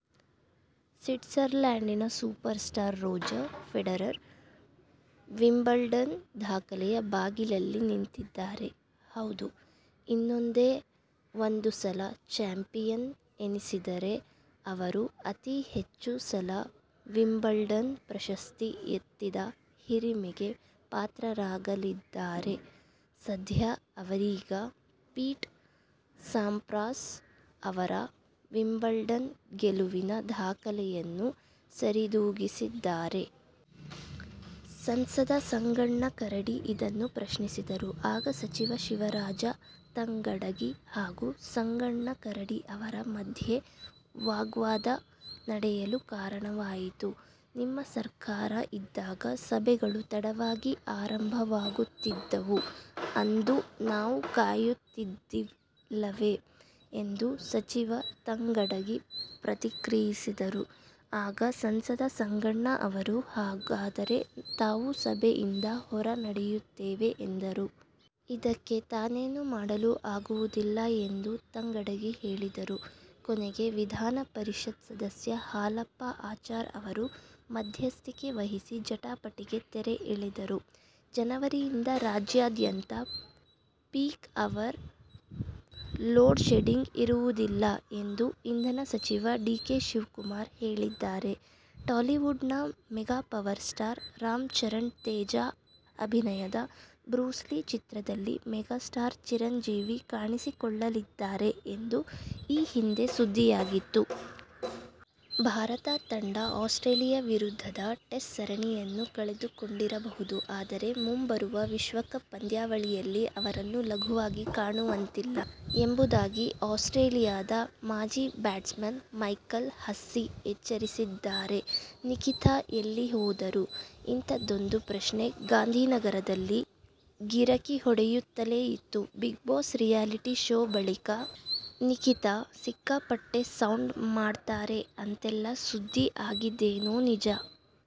ಸಿಟ್ಸರ್ಲ್ಯಾಂಡಿನ super star Roger Federer Wimbledon ದಾಖಲೆಯ ಬಾಗಿಲಲ್ಲಿ ನಿಂತಿದ್ದಾರೆ. ಹೌದು, ಇನ್ನೊಂದೇ ಒಂದು ಸಲ ಚಾಂಪಿಯನ್ ಎನಿಸಿದರೆ ಅವರು ಅತೀ ಹೆಚ್ಚು ಸಲ ವಿಂಬಲ್ಡನ್ ಪ್ರಶಸ್ತಿ ಎತ್ತಿದ ಹಿರಿಮೆಗೆ ಪಾತ್ರರಾಗಲಿದ್ದಾರೆ. ಸದ್ಯ ಅವರೀಗ ಪೀಟ್ ಸಾಂಪ್ರಾಸ್ ಅವರ ವಿಂಬಲ್ಡನ್ ಗೆಲುವಿನ ದಾಖಲೆಯನ್ನು ಸರಿದೂಗಿಸಿದ್ದಾರೆ. ಸಂಸದ ಸಂಗಣ್ಣ ಕರಡಿ ಇದನ್ನು ಪ್ರಶ್ನಿಸಿದರು. ಆಗ ಸಚಿವ ಶಿವರಾಜ ತಂಗಡಗಿ ಹಾಗೂ ಸಂಗಣ್ಣ ಕರಡಿ ಅವರ ಮಧ್ಯೆ ವಾಗ್ವಾದ ನಡೆಯಲು ಕಾರಣವಾಯಿತು. "ನಿಮ್ಮ ಸರ್ಕಾರ ಇದ್ದಾಗ ಸಭೆಗಳು ತಡವಾಗಿ ಆರಂಭವಾಗುತ್ತಿದ್ದವು. ಅಂದು ನಾವು ಕಾಯುತ್ತಿದ್ದಿಲ್ಲವೇ' ಎಂದು ಸಚಿವ ತಂಗಡಗಿ ಪ್ರತಿಕ್ರಿಯಿಸಿದರು. ಆಗ ಸಂಸದ ಸಂಗಣ್ಣ ಅವರು, ಹಾಗಾದರೆ ತಾವು ಸಭೆಯಿಂದ ಹೊರ ನಡೆಯುತ್ತೇವೆ ಎಂದರು. ಇದಕ್ಕೆ ತಾನೇನೂ ಮಾಡಲು ಆಗುವುದಿಲ್ಲ ಎಂದು ತಂಗಡಗಿ ಹೇಳಿದರು. ಕೊನೆಗೆ ವಿಧಾನ ಪರಿಷತ್ ಸದಸ್ಯ ಹಾಲಪ್ಪ ಆಚಾರ್ ಅವರು ಮಧ್ಯಸ್ಥಿಕೆ ವಹಿಸಿ ಜಟಾಪಟಿಗೆ ತೆರೆ ಎಳೆದರು. ಜನವರಿಯಿಂದ ರಾಜ್ಯಾದ್ಯಂತ ಪೀಕ್ ಅವರ್ ಲೋಡ್ಶೆಡ್ಡಿಂಗ್ ಇರುವುದಿಲ್ಲ ಎಂದು ಇಂಧನ ಸಚಿವ ಡಿ. ಕೆ. ಶಿವಕುಮಾರ್ ಹೇಳಿದ್ದಾರೆ. ಟಾಲಿವುಡ್'ನ mega power star Ram Charan Teja ಅಭಿನಯದ ಬ್ರೂಸ್ ಲಿ ಚಿತ್ರದಲ್ಲಿ ಮೆಗಾಸ್ಟಾರ್ ಚಿರಂಜೀವಿ ಕಾಣಿಸಿಕೊಳ್ಳಲಿದ್ದಾರೆ ಎಂದು ಈ ಹಿಂದೆ ಸುದ್ದಿಯಾಗಿತ್ತು. ಭಾರತ ತಂಡ ಆಸ್ಟ್ರೇಲಿಯ ವಿರುದ್ಧದ ಟೆಸ್ಟ್ ಸರಣಿಯನ್ನು ಕಳೆದು ಕೊಂಡಿ ರಬಹುದು, ಆದರೆ ಮುಂಬರುವ ವಿಶ್ವಕಪ್ ಪಂದ್ಯಾವಳಿಯಲ್ಲಿ ಅವರನ್ನು ಲಘುವಾಗಿ ಕಾಣುವಂತಿಲ್ಲ ಎಂಬುದಾಗಿ ಆಸ್ಟ್ರೇಲಿಯದ ಮಾಜಿ ಬ್ಯಾಟ್ಸ್ಮನ್ ಮೈಕಲ್ ಹಸ್ಸಿ ಎಚ್ಚರಿಸಿದ್ದಾರೆ. ನಿಖೀತಾ ಎಲ್ಲಿ ಹೋದರು? -ಇಂಥದ್ದೊಂದು ಪ್ರಶ್ನೆ ಗಾಂಧಿನಗರದಲ್ಲಿ ಗಿರಕಿಹೊಡೆ ಯುತ್ತಲೇ ಇತ್ತು. "ಬಿಗ್ಬಾಸ್' ರಿಯಾಲಿಟಿ ಶೋ ಬಳಿಕ ನಿಖಿತಾ ಸಿಕ್ಕಾಪಟ್ಟೆ ಸೌಂಡು ಮಾಡ್ತಾರೆ ಅಂತೆಲ್ಲಾ ಸುದ್ದಿ ಆಗಿದ್ದೇನೋ ನಿಜ.